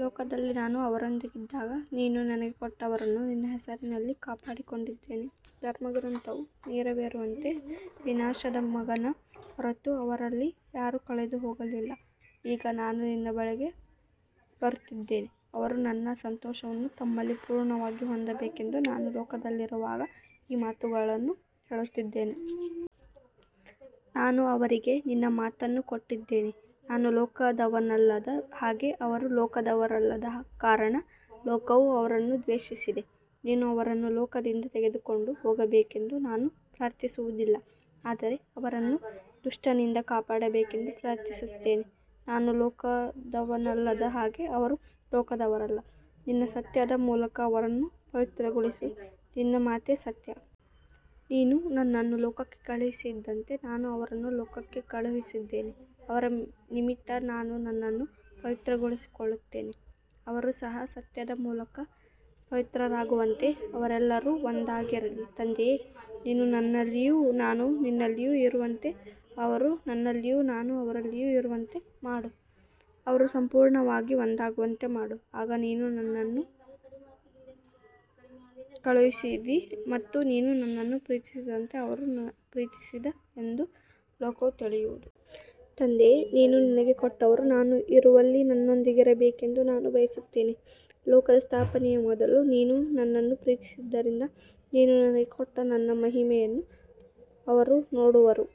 ಲೋಕದಲ್ಲಿ ನಾನು ಅವರೊಂದಿಗಿದ್ದಾಗ ನೀನು ನನಗೆ ಕೊಟ್ಟವರನ್ನು ನಿನ್ನ ಹೆಸರಿನಲ್ಲಿ ಕಾಪಾಡಿಕೊಂಡಿದ್ದೇನೆ. ಧರ್ಮಗ್ರಂಥವು ನೆರವೇರುವಂತೆ ವಿನಾಶದ ಮಗನ ಹೊರತು ಅವರಲ್ಲಿ ಯಾರೂ ಕಳೆದುಹೋಗಲಿಲ್ಲ. ಈಗ ನಾನು ನಿನ್ನ ಬಳಿಗೆ ಬರುತ್ತಿದ್ದೇನೆ. ಅವರು ನನ್ನ ಸಂತೋಷವನ್ನು ತಮ್ಮಲ್ಲಿ ಪೂರ್ಣವಾಗಿ ಹೊಂದಬೇಕೆಂದು ನಾನು ಲೋಕದಲ್ಲಿರುವಾಗ ಈ ಮಾತುಗಳನ್ನು ಹೇಳುತ್ತಿದ್ದೇನೆ. ನಾನು ಅವರಿಗೆ ನಿನ್ನ ಮಾತನ್ನು ಕೊಟ್ಟಿದ್ದೇನೆ. ನಾನು ಲೋಕದವನಲ್ಲದ ಹಾಗೆ ಅವರೂ ಲೋಕದವರಲ್ಲದ ಕಾರಣ ಲೋಕವು ಅವರನ್ನು ದ್ವೇಷಿಸಿದೆ. ನೀನು ಅವರನ್ನು ಲೋಕದಿಂದ ತೆಗೆದುಕೊಂಡು ಹೋಗಬೇಕೆಂದು ನಾನು ಪ್ರಾರ್ಥಿಸುವುದಿಲ್ಲ, ಆದರೆ ಅವರನ್ನು ದುಷ್ಟನಿಂದ ಕಾಪಾಡಬೇಕೆಂದು ಪ್ರಾರ್ಥಿಸುತ್ತೇನೆ. ನಾನು ಲೋಕದವನಲ್ಲದ ಹಾಗೆ ಅವರೂ ಲೋಕದವರಲ್ಲ. ನಿನ್ನ ಸತ್ಯದ ಮೂಲಕ ಅವರನ್ನು ಪವಿತ್ರಗೊಳಿಸು, ನಿನ್ನ ಮಾತೇ ಸತ್ಯ. ನೀನು ನನ್ನನ್ನು ಲೋಕಕ್ಕೆ ಕಳುಹಿಸಿದಂತೆ ನಾನೂ ಅವರನ್ನು ಲೋಕಕ್ಕೆ ಕಳುಹಿಸಿದ್ದೇನೆ. ಅವರ ನಿಮಿತ್ತ ನಾನು ನನ್ನನ್ನು ಪವಿತ್ರಗೊಳಿಸಿಕೊಳ್ಳುತ್ತೇನೆ, ಅವರು ಸಹ ಸತ್ಯದ ಮೂಲಕ ಪವಿತ್ರರಾಗುವಂತೆ. ಅವರೆಲ್ಲರೂ ಒಂದಾಗಿರಲಿ. ತಂದೆಯೇ, ನೀನು ನನ್ನಲ್ಲಿಯೂ ನಾನು ನಿನ್ನಲ್ಲಿಯೂ ಇರುವಂತೆ ಅವರು ನನ್ನಲ್ಲಿಯೂ ನಾನೂ ಅವರಲ್ಲಿಯೂ ಇರುವಂತೆ ಮಾಡು. ಅವರು ಸಂಪೂರ್ಣವಾಗಿ ಒಂದಾಗುವಂತೆ ಮಾಡು, ಆಗ ನೀನು ನನ್ನನ್ನು ಕಳುಹಿಸಿದ್ದೀ ಮತ್ತು ನೀನು ನನ್ನನ್ನು ಪ್ರೀತಿಸಿದಂತೆ ಅವರನ್ನು ಪ್ರೀತಿಸಿದ್ದೀ ಎಂದು ಲೋಕವು ತಿಳಿಯುವುದು. ತಂದೆಯೇ, ನೀನು ನನಗೆ ಕೊಟ್ಟವರು ನಾನು ಇರುವಲ್ಲಿ ನನ್ನೊಂದಿಗಿರಬೇಕೆಂದು ನಾನು ಬಯಸುತ್ತೇನೆ. ಲೋಕದ ಸ್ಥಾಪನೆಯ ಮೊದಲು ನೀನು ನನ್ನನ್ನು ಪ್ರೀತಿಸಿದ್ದರಿಂದ ನೀನು ನನಗೆ ಕೊಟ್ಟ ನನ್ನ ಮಹಿಮೆಯನ್ನು ಅವರು ನೋಡುವರು.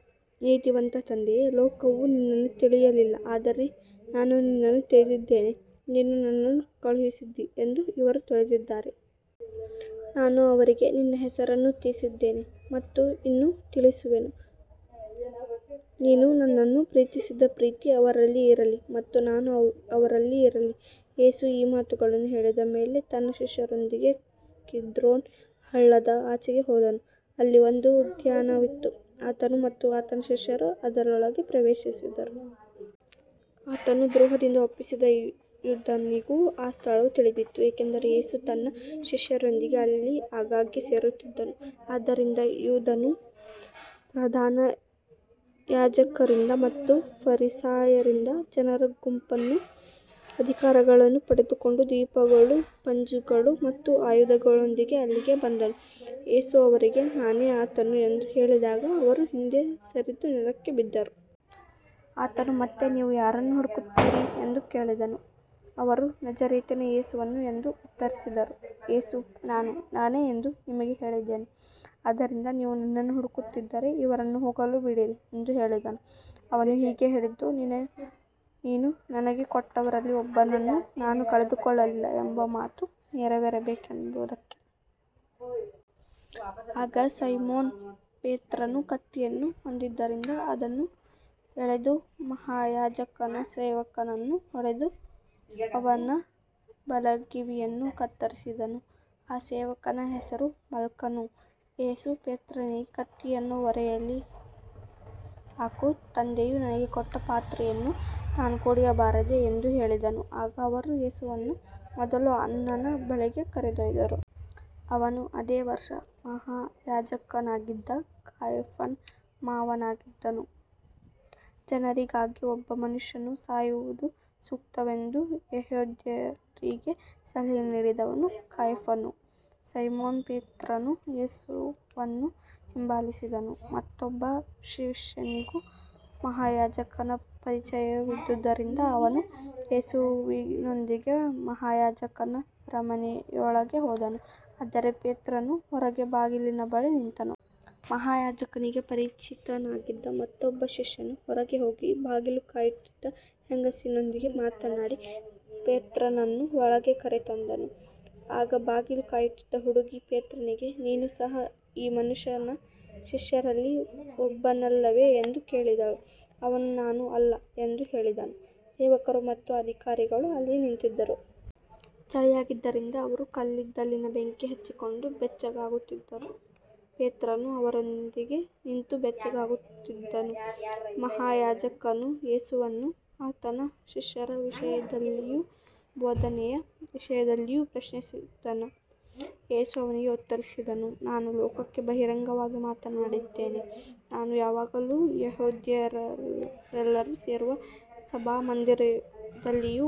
ನೀತಿವಂತ ತಂದೆಯೇ, ಲೋಕವು ನಿನ್ನನ್ನು ತಿಳಿಯಲಿಲ್ಲ, ಆದರೆ ನಾನು ನಿನ್ನನ್ನು ತಿಳಿದಿದ್ದೇನೆ. ನೀನು ನನ್ನನ್ನು ಕಳುಹಿಸಿದ್ದೀ ಎಂದು ಇವರೂ ತಿಳಿದಿದ್ದಾರೆ. ನಾನು ಅವರಿಗೆ ನಿನ್ನ ಹೆಸರನ್ನು ತಿಳಿಸಿದ್ದೇನೆ ಮತ್ತು ಇನ್ನು ತಿಳಿಸುವೆನು, ನೀನು ನನ್ನನ್ನು ಪ್ರೀತಿಸಿದ ಪ್ರೀತಿ ಅವರಲ್ಲಿ ಇರಲಿ ಮತ್ತು ನಾನೂ ಅವರಲ್ಲಿ ಇರಲಿ. ಯೇಸು ಈ ಮಾತುಗಳನ್ನು ಹೇಳಿದ ಮೇಲೆ ತನ್ನ ಶಿಷ್ಯರೊಂದಿಗೆ ಕಿದ್ರೋನ್ ಹಳ್ಳದ ಆಚೆಗೆ ಹೋದನು. ಅಲ್ಲಿ ಒಂದು ಉದ್ಯಾನವಿತ್ತು, ಆತನು ಮತ್ತು ಆತನ ಶಿಷ್ಯರು ಅದರೊಳಗೆ ಪ್ರವೇಶಿಸಿದರು. ಆತನನ್ನು ದ್ರೋಹದಿಂದ ಒಪ್ಪಿಸಿದ ಯೂದನಿಗೂ ಆ ಸ್ಥಳವು ತಿಳಿದಿತ್ತು, ಏಕೆಂದರೆ ಯೇಸು ತನ್ನ ಶಿಷ್ಯರೊಂದಿಗೆ ಅಲ್ಲಿ ಆಗಾಗ್ಗೆ ಸೇರುತ್ತಿದ್ದನು. ಆದ್ದರಿಂದ ಯೂದನು ಪ್ರಧಾನ ಯಾಜಕರಿಂದ ಮತ್ತು ಫರಿಸಾಯರಿಂದ ಜನರ ಗುಂಪನ್ನೂ ಅಧಿಕಾರಿಗಳನ್ನೂ ಪಡೆದುಕೊಂಡು ದೀಪಗಳು, ಪಂಜುಗಳು ಮತ್ತು ಆಯುಧಗಳೊಂದಿಗೆ ಅಲ್ಲಿಗೆ ಬಂದನು. ಯೇಸು ಅವರಿಗೆ, ನಾನೇ ಆತನು ಎಂದು ಹೇಳಿದಾಗ ಅವರು ಹಿಂದೆ ಸರಿದು ನೆಲಕ್ಕೆ ಬಿದ್ದರು. ಆತನು ಮತ್ತೆ, ನೀವು ಯಾರನ್ನು ಹುಡುಕುತ್ತೀರಿ ಎಂದು ಕೇಳಿದನು. ಅವರು ನಜರೇತಿನ ಯೇಸುವನ್ನು ಎಂದು ಉತ್ತರಿಸಿದರು. ಯೇಸು, ನಾನು ನಾನೇ ಎಂದು ನಿಮಗೆ ಹೇಳಿದೆನು. ಆದ್ದರಿಂದ ನೀವು ನನ್ನನ್ನು ಹುಡುಕುತ್ತಿದ್ದರೆ ಇವರನ್ನು ಹೋಗಲು ಬಿಡಿರಿ ಎಂದು ಹೇಳಿದನು. ಅವನು ಹೀಗೆ ಹೇಳಿದ್ದು, ನೀನು ನನಗೆ ಕೊಟ್ಟವರಲ್ಲಿ ಒಬ್ಬನನ್ನೂ ನಾನು ಕಳೆದುಕೊಳ್ಳಲಿಲ್ಲ ಎಂಬ ಮಾತು ನೆರವೇರಬೇಕೆಂಬುದಕ್ಕಾಗಿ. ಆಗ ಸೈಮೋನ ಪೇತ್ರನು ಕತ್ತಿಯನ್ನು ಹೊಂದಿದ್ದರಿಂದ ಅದನ್ನು ಎಳೆದು ಮಹಾಯಾಜಕನ ಸೇವಕನನ್ನು ಹೊಡೆದು ಅವನ ಬಲಗಿವಿಯನ್ನು ಕತ್ತರಿಸಿದನು. ಆ ಸೇವಕನ ಹೆಸರು ಮಲ್ಕನು. ಯೇಸು ಪೇತ್ರನಿಗೆ, ಕತ್ತಿಯನ್ನು ಒರೆಯಲ್ಲಿ ಹಾಕು. ತಂದೆಯು ನನಗೆ ಕೊಟ್ಟ ಪಾತ್ರೆಯನ್ನು ನಾನು ಕುಡಿಯಬಾರದೇ ಎಂದು ಹೇಳಿದನು. ಆಗ ಅವರು ಯೇಸುವನ್ನು ಮೊದಲು ಅನ್ನನ ಬಳಿಗೆ ಕರೆದೊಯ್ದರು. ಅವನು ಅದೇ ವರ್ಷ ಮಹಾಯಾಜಕನಾಗಿದ್ದ ಕಾಯಫನ ಮಾವನಾಗಿದ್ದನು. ಜನರಿಗಾಗಿ ಒಬ್ಬ ಮನುಷ್ಯನು ಸಾಯುವುದು ಸೂಕ್ತವೆಂದು ಯೆಹೂದ್ಯರಿಗೆ ಸಲಹೆ ನೀಡಿದವನು ಕಾಯಫನು. ಸೈಮೋನ ಪೇತ್ರನು ಯೇಸುವನ್ನು ಹಿಂಬಾಲಿಸಿದನು. ಮತ್ತೊಬ್ಬ ಶಿಷ್ಯನಿಗೂ ಮಹಾಯಾಜಕನ ಪರಿಚಯವಿದ್ದುದರಿಂದ ಅವನು ಯೇಸುವಿನೊಂದಿಗೆ ಮಹಾಯಾಜಕನ ಅರಮನೆಯೊಳಗೆ ಹೋದನು. ಆದರೆ ಪೇತ್ರನು ಹೊರಗೆ ಬಾಗಿಲಿನ ಬಳಿ ನಿಂತನು. ಮಹಾಯಾಜಕನಿಗೆ ಪರಿಚಿತನಾಗಿದ್ದ ಮತ್ತೊಬ್ಬ ಶಿಷ್ಯನು ಹೊರಗೆ ಹೋಗಿ ಬಾಗಿಲು ಕಾಯುತ್ತಿದ್ದ ಹೆಂಗಸಿನೊಂದಿಗೆ ಮಾತನಾಡಿ ಪೇತ್ರನನ್ನು ಒಳಗೆ ಕರೆತಂದನು. ಆಗ ಬಾಗಿಲು ಕಾಯುತ್ತಿದ್ದ ಹುಡುಗಿ ಪೇತ್ರನಿಗೆ, ನೀನು ಸಹ ಈ ಮನುಷ್ಯನ ಶಿಷ್ಯರಲ್ಲಿ ಒಬ್ಬನಲ್ಲವೇ ಎಂದು ಕೇಳಿದಳು. ಅವನು, ನಾನು ಅಲ್ಲ ಎಂದು ಹೇಳಿದನು. ಸೇವಕರು ಮತ್ತು ಅಧಿಕಾರಿಗಳು ಅಲ್ಲಿ ನಿಂತಿದ್ದರು. ಚಳಿಯಾಗಿದ್ದರಿಂದ ಅವರು ಕಲ್ಲಿದ್ದಲಿನ ಬೆಂಕಿ ಹಚ್ಚಿಕೊಂಡು ಬೆಚ್ಚಗಾಗುತ್ತಿದ್ದರು. ಪೇತ್ರನೂ ಅವರೊಂದಿಗೆ ನಿಂತು ಬೆಚ್ಚಗಾಗುತ್ತಿದ್ದನು. ಮಹಾಯಾಜಕನು ಯೇಸುವನ್ನು ಆತನ ಶಿಷ್ಯರ ವಿಷಯದಲ್ಲಿಯೂ ಬೋಧನೆಯ ವಿಷಯದಲ್ಲಿಯೂ ಪ್ರಶ್ನಿಸಿದನು. ಯೇಸು ಅವನಿಗೆ ಉತ್ತರಿಸಿದನು, ನಾನು ಲೋಕಕ್ಕೆ ಬಹಿರಂಗವಾಗಿ ಮಾತನಾಡಿದ್ದೇನೆ. ನಾನು ಯಾವಾಗಲೂ ಯೆಹೂದ್ಯರೆಲ್ಲರೂ ಸೇರುವ ಸಭಾಮಂದಿರದಲ್ಲಿಯೂ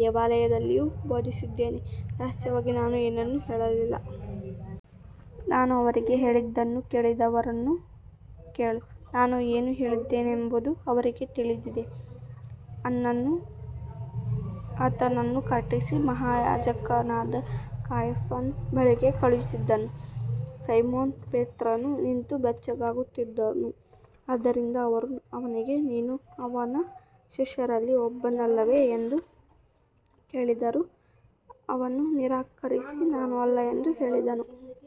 ದೇವಾಲಯದಲ್ಲಿಯೂ ಬೋಧಿಸಿದ್ದೇನೆ. ರಹಸ್ಯವಾಗಿ ನಾನು ಏನನ್ನೂ ಹೇಳಲಿಲ್ಲ. ನಾನು ಅವರಿಗೆ ಹೇಳಿದ್ದನ್ನು ಕೇಳಿದವರನ್ನು ಕೇಳು. ನಾನು ಏನು ಹೇಳಿದ್ದೇನೆಂಬುದು ಅವರಿಗೆ ತಿಳಿದಿದೆ. ಅನ್ನನು ಆತನನ್ನು ಕಟ್ಟಿಸಿ ಮಹಾಯಾಜಕನಾದ ಕಾಯಫನ ಬಳಿಗೆ ಕಳುಹಿಸಿದ್ದನು. ಸೈಮೋನ ಪೇತ್ರನು ನಿಂತು ಬೆಚ್ಚಗಾಗುತ್ತಿದ್ದನು. ಆದ್ದರಿಂದ ಅವರು ಅವನಿಗೆ, ನೀನೂ ಅವನ ಶಿಷ್ಯರಲ್ಲಿ ಒಬ್ಬನಲ್ಲವೇ ಎಂದು ಕೇಳಿದರು. ಅವನು ನಿರಾಕರಿಸಿ, ನಾನು ಅಲ್ಲ ಎಂದು ಹೇಳಿದನು.